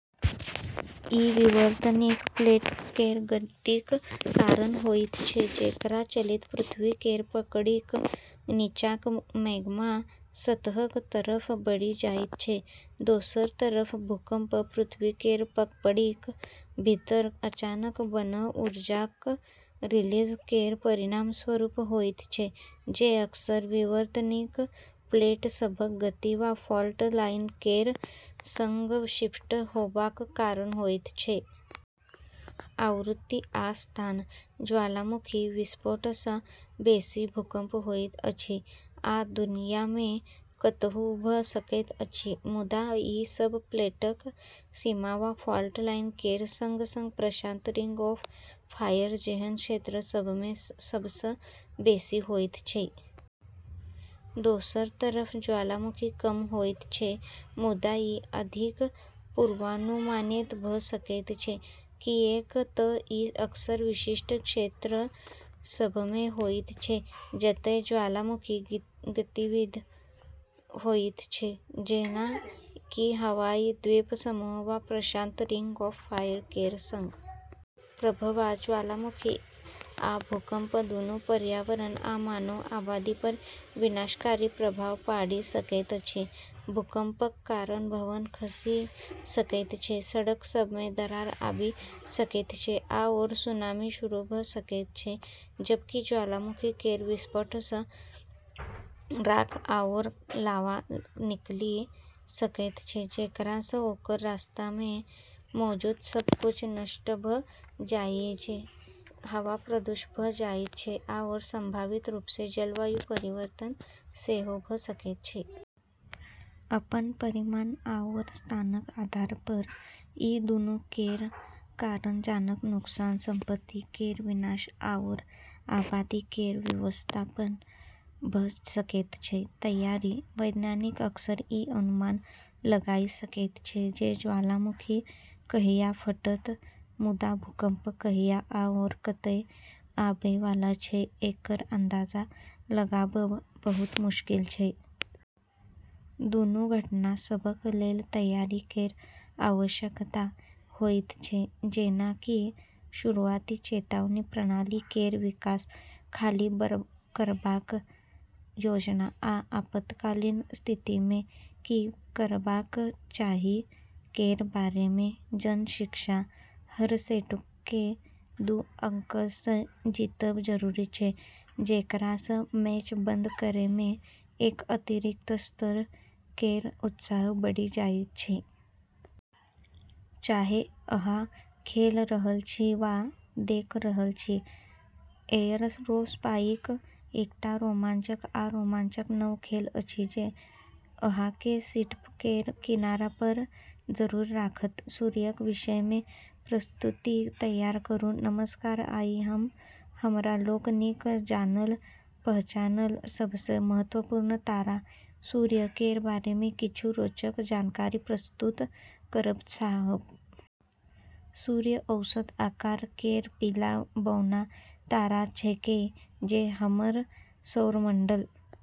ई विवर्तनिक प्लेट केर गतिक कारण होइत छै, जेकरा चलैत पृथ्वी केर पपड़ीक नीचाँक मैग्मा सतहक तरफ बढ़ि जाइत छै। दोसर तरफ भूकंप पृथ्वी केर पपड़ीक भीतर अचानक बनल ऊर्जाक रिलीज केर परिणामस्वरूप होइत छै, जे अक्सर विवर्तनिक प्लेट सभक गति वा फॉल्ट लाइन केर संग शिफ्ट होबाक कारण होइत छै। आवृत्ति आ स्थान: ज्वालामुखी विस्फोटसँ बेसी भूकंप होइत अछि आ दुनियामे कतहु भऽ सकैत अछि। मुदा ई सब प्लेटक सीमा वा फॉल्ट लाइन केर संग-संग प्रशांत रिंग ऑफ फायर जेहन क्षेत्र सभमे सबसँ बेसी होइत छै। दोसर तरफ ज्वालामुखी कम होइत छै मुदा ई अधिक पूर्वानुमानित भऽ सकैत छै, किऐक तऽ ई अक्सर विशिष्ट क्षेत्र सभमे होइत छै, जतय ज्वालामुखी गतिविधि होइत छै, जेना कि हवाई द्वीप समूह वा प्रशांत रिंग ऑफ फायर केर संग। प्रभाव: ज्वालामुखी आ भूकंप दूनू पर्यावरण आ मानव आबादीपर विनाशकारी प्रभाव पाड़ि सकैत अछि। भूकंपक कारण भवन खसि सकैत छै, सड़क सभमे दरार आबि सकैत छै, आओर सुनामी शुरू भऽ सकैत छै, जबकि ज्वालामुखी केर विस्फोटसँ राख आओर लावा निकलि सकैत छै, जेकरासँ ओकर रास्तामे मौजूद सब किछु नष्ट भऽ जाइत छै, हवा प्रदूषित भऽ जाइत छै आओर संभावित रूपसँ जलवायु परिवर्तन सेहो भऽ सकैत छै। अपन परिमाण आओर स्थानक आधारपर ई दूनू केर कारण जानक नुकसान, संपत्ति केर विनाश आओर आबादी केर विस्थापन भऽ सकैत छै। तैयारी: वैज्ञानिक अक्सर ई अनुमान लगाइ सकैत छै जे ज्वालामुखी कहिया फटत, मुदा भूकंप कहिया आओर कतय आबैवाला छै, एकर अंदाजा लगाबब बहुत मुश्किल छै। दूनू घटना सभक लेल तैयारी केर आवश्यकता होइत छै, जेना कि शुरुआती चेतावनी प्रणाली केर विकास, खाली करबाक योजना, आ आपातकालीन स्थितिमे की करबाक चाही केर बारेमे जन शिक्षा। हर सेटकेँ दू अंकसँ जीतब जरूरी छै, जेकरासँ मैच बंद करैमे एक अतिरिक्त स्तर केर उत्साह बढ़ि जाइत छै। चाहे अहाँ खेल रहल छी वा देख रहल छी, एयरोस्पाइक एकटा रोमांचक आ रोमांचक नव खेल अछि जे अहाँकेँ सीट केर किनारापर जरूर राखत! सूर्यक विषयमे प्रस्तुति तैयार करू। नमस्कार, आइ हम हमरा लोकनिक जानल-पहचानल सबसँ महत्वपूर्ण तारा सूर्य केर बारेमे किछु रोचक जानकारी प्रस्तुत करब चाहब। सूर्य औसत आकार केर पीला बौना तारा छेकै जे हमर सौरमंडल।